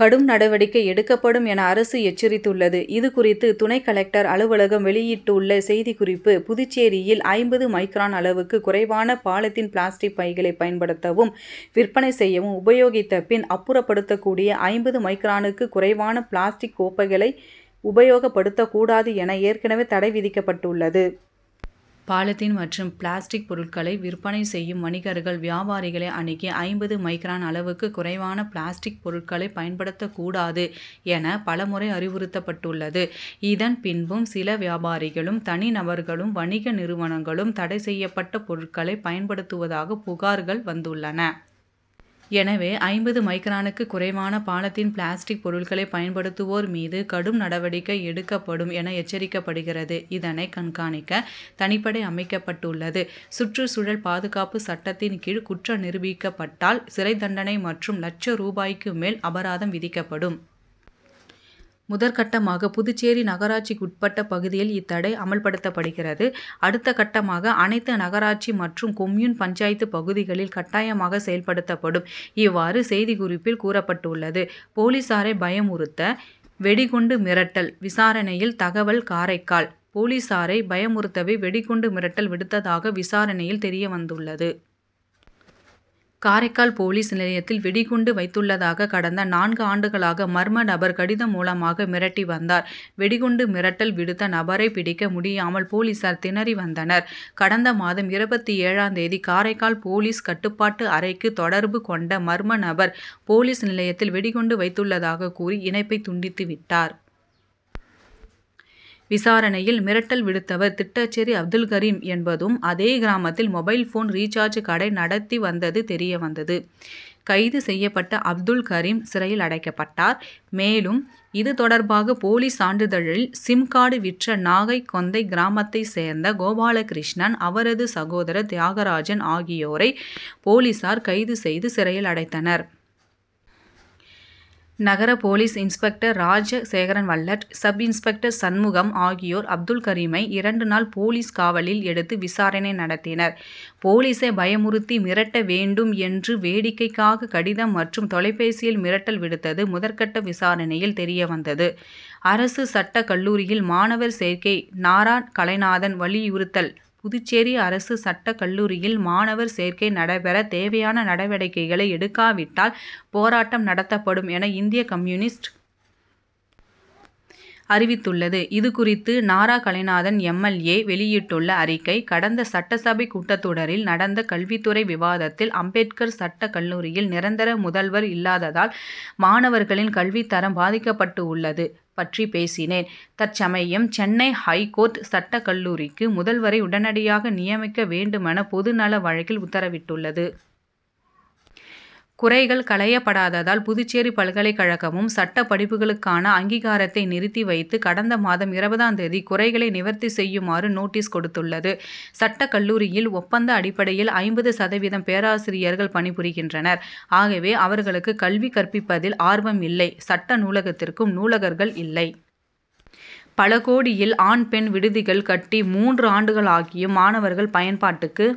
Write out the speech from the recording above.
கடும் நடவடிக்கை எடுக்கப்படும் என அரசு எச்சரித்துள்ளது. இது குறித்து துணை கலெக்டர் அலுவலகம் வெளியிட்டுள்ள செய்திக்குறிப்பு:புதுச்சேரியில் ஐம்பது மைக்ரான் அளவுக்கு குறைவான பாலிதீன் பிளாஸ்டிக் பைகளை பயன்படுத்தவும் விற்பனை செய்யவும் உபயோகித்த பின் அப்புறப்படுத்தக்கூடிய ஐம்பது மைக்ரானுக்கு குறைவான பிளாஸ்டிக் கோப்பைகளை உபயோகப் படுத்தக்கூடாது என ஏற்கனவே தடை விதிக்கப்பட்டுள்ளது. பாலிதீன் மற்றும் பிளாஸ்டிக் பொருட்களை விற்பனை செய்யும் வணிகர்கள் வியாபாரிகளை அணுகி ஐம்பது மைக்ரான் அளவுக்கு குறைவான பிளாஸ்டிக் பொருட்களை பயன்படுத்தக் கூடாது என பலமுறை அறிவுறுத்தப்பட் டுள்ளது. இதன் பின்பும் சில வியாபாரிகளும் தனி நபர்களும் வணிக நிறுவனங்ககளும் தடை செய்யப்பட்ட பொருட்களை பயன்படுத்துவதாக புகார்கள் வந்துள்ளன. எனவே ஐம்பது மைக்ரானுக்கு குறைவான பாலிதீன் பிளாஸ்டிக் பொருட்களை பயன்படுத்துவோர் மீது கடும் நடவடிக்கை எடுக்கப்படும் என எச்சரிக்கப்படுகிறது. இதனை கண்காணிக்க தனிப்படை அமைக்கப்பட் டுள்ளது. சுற்றுச்சூழல் பாதுகாப்பு சட்டத்தின் கீழ் குற்றம் நிரூபிக்கப் பட்டால் சிறை தண்டனை மற்றும் லட்சம் ரூபாய்க்கு மேல் அபராதம் விதிக்கப்படும். முதற்கட்டமாக புதுச்சேரி நகராட்சிக்குட்பட்ட பகுதியில் இத் தடை அமல்படுத்தப்படுகிறது. அடுத்த கட்டமாக அனைத்து நகராட்சி மற்றும் கொம்யூன் பஞ்சாயத்து பகுதிகளில் கட்டாயமாக செயல்படுத்தப்படும். இவ்வாறு செய்திக்குறிப்பில் கூறப்பட்டுள்ளது. போலீசாரை பயமுறுத்த வெடிகுண்டு மிரட்டல் சாரணையில் தகவல் காரைக்கால்:போலீசாலை பயமுறுத்தவே வெடி குண்டு மிரட்டல் விடுத்ததாக விசாரணையில் தெரிய வந்துள்ளது. காரைக்கால் போலீஸ் நிலையத்தில் வெடிகுண்டு வைத்துள்ளதாக கடந்த நான்கு ஆண்டுகளாக மர்ம நபர் கடிதம் மூலமாக மிரட்டி வந்தார். வெடிகுண்டு மிரட்டல் விடுத்த நபரை பிடிக்க முடியாமல் போலீசார் திணறி வந்தனர். கடந்த மாதம் இருபத்தேழாம் தேதி காரைக்கால் போலீஸ் கட்டுப்பாட்டு அறைக்கு தொடர்பு கொண்ட மர்ம நபர் போலீஸ் நிலையத்தில் வெடிகுண்டு வைத்துள்ளதாக கூறி இணைப்பை துண்டித்து விட்டார். விசாரணையில் மிரட்டல் விடுத்தவர் திட்டச்சேரி அப்துல்கரீம் என் பதும் அதே கிராமத்தில் மொபைல் போன் ரீசாஜ் கடை நடத்தி வந்தது தெரியவந்தது. கைது செய்யப்பட்ட அப்துல்கரீம் சிறையில் அடைக்கப் பட்டார். மேலும் இது தொடர்பாக போலி சான்றிதழில் சிம் கார்டு விற்ற நாகை கொந்தை கிராமத்தை சேர்ந்த கோபாலகிருஷ்ணன் அவரது சகோதரர் தியாகராஜன் ஆகியோரை போலீசார் கைது செய்து சிறையில் அடைத்தனர். நகர போலீஸ் இன்ஸ்பெக்டர் ராஜ சேகரன்வல்லட் சப்இன்ஸ்பெக்டர் சண்முகம் ஆகியோர் அப்துல் கரீமை இரண்டு நாள் போலீஸ் காவலில் எடுத்து விசாரணை நடத்தினர். போலீசை பயமுறுத்தி மிரட்ட வேண்டும் என்று வேடிக்கைக்காக கடிதம் மற்றும் தொலைபேசியில் மிரட்டல் விடுத்தது முதற்கட்ட விசாரணையில் தெரிய வந்தது. அரசு சட்டக் கல்லூரியில் மாணவர் சேர்க்கை நாரா கலைநாதன் வலியுறுத்தல் புதுச்சேரி அரசு சட்டக் கல்லூரியில் மாண வர் சேர்க்கை நடைபெற தேவையான நடவடிக்கைகளை எடுக்காவிட்டால் போராட்டம் நடத்தப்படும் என இந்திய கம்யூ. அறிவித்துள்ளது. இதுகுறித்து Nara Kalainathan M. L. A. வெளியிட்டுள்ள அறிக்கை:கடந்த சட்டசபை கூட்டத்தொடரில் நடந்த கல்வித்துறை விவாதத்தில் அம்பேத்கர் சட்டக் கல்லூரியில் நிரந் தர முதல்வர் இல்லாததால் மாணவர் களின் கல்வித்தரம் பாதிக் கப்பட்டுள் ளது பற்றி பேசினேன். தற்சமயம் சென்னை ஐகோர்ட் சட்டக் கல்லூரிக்கு முதல்வரை உடனடியாக நியமிக்க வேண்டுமென பொது நல வழக்கில் உத்தரவிட்டுள்ளது. குறைகள் களையப்படாததால் புதுச்சேரி பல்கலைக்கழகமும் சட்ட படிப்புகளுக்கான அங்கீகாரத்தை நிறுத்தி வைத்து கடந்த மாதம் இருபதாம் தேதி குறைகளை நிவர்த்தி செய்யுமாறு நோட்டீஸ் கொடுத்துள்ளது. சட்டக் கல்லூரியில் ஒப்பந்த அடிப்படையில் ஐம்பது சதவீதம் பேராசிரியர்கள் பணிபுரிகின்றனர். ஆகவே அவர்களுக்கு கல்வி கற்பிப்பதில் ஆர்வம் இல்லை. சட்ட நூலகத்திற்கு நூலகர்கள் இல்லை. பல கோடியில் ஆண் பெண் விடுதிகள் கட்டி மூன்று ஆண்டுகள் ஆகியும் மாணவர்கள் பயன்பாட்டுக்கு